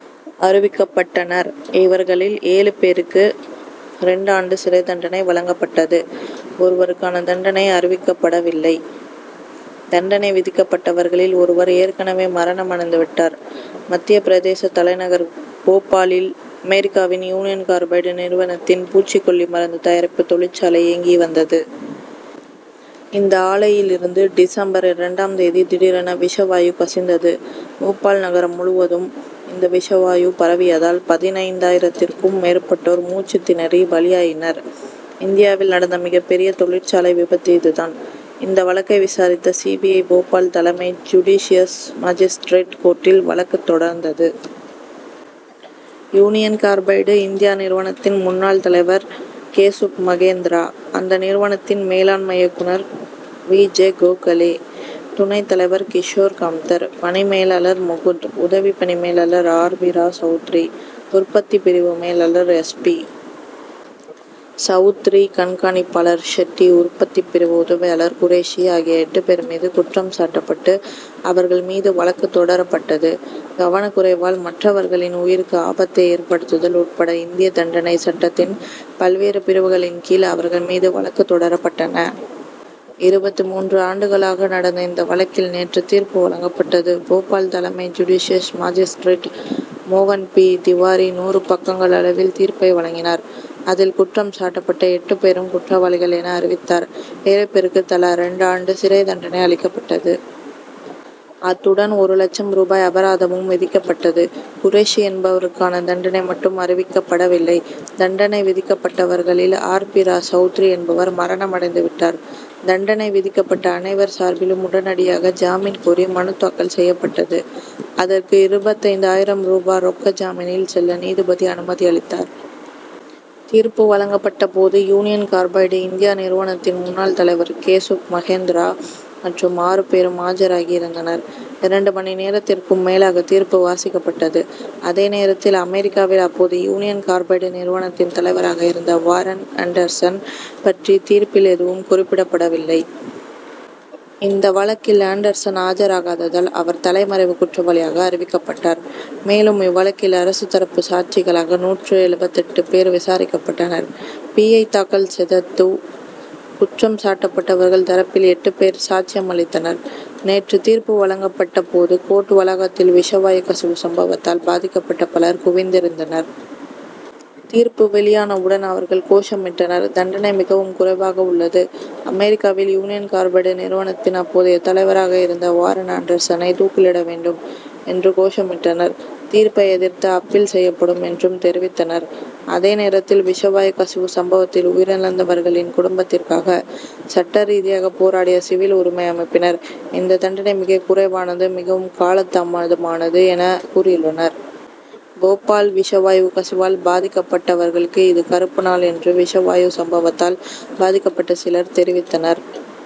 அறிவிக்கப்பட்டனர். இவர்களில் ஏழு பேருக்கு ரெண்டு ஆண்டு சிறைத் தண்டனை வழங்கப்பட்டது. ஒருவருக்கான தண்டனை அறிவிக்கப்படவில்லை. தண்டனை விதிக்கப்பட்டவர்களில் ஒருவர் ஏற்கனவே மரணம் அடைந்து விட்டார். மத்திய பிரதேச தலைநகர் போபாலில், அமெரிக்காவின் யூனியன் கார்பைடு நிறுவனத்தின் பூச்சிக்கொல்லி மருந்து தயாரிப்பு தொழிற்சாலை இயங்கி வந்தது. இந்த ஆலையிலிருந்து டிசம்பர் இரண்டாம் தேதி திடீரென விஷவாயு கசிந்தது. போபால் நகரம் முழுவதும் இந்த விஷவாயு பரவியதால், பதினைந்தாயிரத்திற்கும் மேற்பட்டோர் மூச்சுத் திணறி பலியாயினர். இந்தியாவில் நடந்த மிகப்பெரிய தொழிற்சாலை விபத்து இதுதான். இந்த வழக்கை விசாரித்த சி. பி. ஐ., போபால் தலைமை ஜுடிசியஸ் மாஜிஸ்திரேட் கோர்ட்டில் வழக்கு தொடர்ந்தது. யூனியன் கார்பைடு இந்தியா நிறுவனத்தின் முன்னாள் தலைவர் கேசுப் மகேந்திரா, அந்த நிறுவனத்தின் மேலாண்மை இயக்குனர் விஜ கோகலே, துணைத் தலைவர் கிஷோர் கம்தர், பணி மேலாளர் முகுந்த், உதவி பணி மேலாளர் ஆர். பி. ரா சவுத்ரி, உற்பத்திப் பிரிவு மேலாளர் எஸ். பி. சவுத்ரி, கண்காணிப்பாளர் ஷெட்டி, உற்பத்தி பிரிவு உதவியாளர் குரேஷி ஆகிய எட்டு பேர் மீது குற்றம் சாட்டப்பட்டு, அவர்கள் மீது வழக்கு தொடரப்பட்டது. கவனக்குறைவால் மற்றவர்களின் உயிருக்கு ஆபத்தை ஏற்படுத்துதல் உட்பட இந்திய தண்டனை சட்டத்தின் பல்வேறு பிரிவுகளின் கீழ், அவர்கள் மீது வழக்கு தொடரப்பட்டன. இருபத்து மூன்று ஆண்டுகளாக நடந்த இந்த வழக்கில் நேற்று தீர்ப்பு வழங்கப்பட்டது. போபால் தலைமை ஜுடிசியஸ் மாஜிஸ்திரேட் மோகன் பி. திவாரி, நூறு பக்கங்கள் அளவில் தீர்ப்பை வழங்கினார். அதில், குற்றம் சாட்டப்பட்ட எட்டு பேரும் குற்றவாளிகள் என, அறிவித்தார். ஏழு பேருக்கு தலா இரண்டு ஆண்டு சிறைத் தண்டனை அளிக்கப்பட்டது. அத்துடன் ஒரு லட்சம் ரூபாய் அபராதமும் விதிக்கப்பட்டது. குரேஷி என்பவருக்கான தண்டனை மட்டும் அறிவிக்கப்படவில்லை. தண்டனை விதிக்கப்பட்டவர்களில் ஆர். பி. ரா சவுத்ரி என்பவர் மரணம் அடைந்து விட்டார். தண்டனை விதிக்கப்பட்ட அனைவர் சார்பிலும் உடனடியாக, ஜாமீன் கோரி மனு தாக்கல் செய்யப்பட்டது. அதற்கு இருபத்தைந்து ஆயிரம் ரூபா ரொக்க ஜாமீனில் செல்ல நீதிபதி அனுமதி அளித்தார். தீர்ப்பு வழங்கப்பட்ட போது, யூனியன் கார்பைடு இந்தியா நிறுவனத்தின், முன்னாள் தலைவர் கேசுப் மகேந்திரா மற்றும் ஆறு பேரும் ஆஜராகி இருந்தனர். இரண்டு மணி நேரத்திற்கும் மேலாக தீர்ப்பு வாசிக்கப்பட்டது. அதே நேரத்தில், அமெரிக்காவில் அப்போது யூனியன் கார்பைடு நிறுவனத்தின் தலைவராக இருந்த வாரன் ஆன்டர்சன் பற்றி தீர்ப்பில் எதுவும் குறிப்பிடப்படவில்லை. இந்த வழக்கில் ஆன்டர்சன் ஆஜராகாததால், அவர் தலைமறைவு குற்றவாளியாக அறிவிக்கப்பட்டார். மேலும், இவ்வழக்கில் அரசு தரப்பு சாட்சிகளாக நூற்று எழுபத்தெட்டு பேர் விசாரிக்கப்பட்டனர். பி. ஐ., தாக்கல் செதது. குற்றம் சாட்டப்பட்டவர்கள் தரப்பில் எட்டு பேர் சாட்சியம் அளித்தனர். நேற்று தீர்ப்பு வழங்கப்பட்ட போது, கோர்ட் வளாகத்தில், விஷவாயு கசிவு சம்பவத்தால் பாதிக்கப்பட்ட பலர் குவிந்திருந்தனர். தீர்ப்பு வெளியானவுடன் அவர்கள் கோஷமிட்டனர். தண்டனை மிகவும் குறைவாக உள்ளது. அமெரிக்காவில் யூனியன் கார்பைடு நிறுவனத்தின் அப்போதைய தலைவராக இருந்த வாரன் ஆன்டர்சனை தூக்கிலிட வேண்டும்' என்றும் கோஷமிட்டனர். தீர்ப்பை எதிர்த்து அப்பீல் செய்யப்படும் என்றும் தெரிவித்தனர். அதேநேரத்தில், விஷவாயு கசிவு சம்பவத்தில் உயிரிழந்தவர்களின் குடும்பத்திற்காக சட்ட ரீதியாக போராடிய சிவில் உரிமை அமைப்பினர், இந்தத் தண்டனை மிக குறைவானது, மிகவும் காலதாமதமானது என, கூறியுள்ளனர். போபால் விஷவாயு கசிவால் பாதிக்கப்பட்டவர்களுக்கு இது கறுப்பு நாள் என்றும் விஷ வாயு சம்பவத்தால் பாதிக்கப்பட்ட சிலர் தெரிவித்தனர்.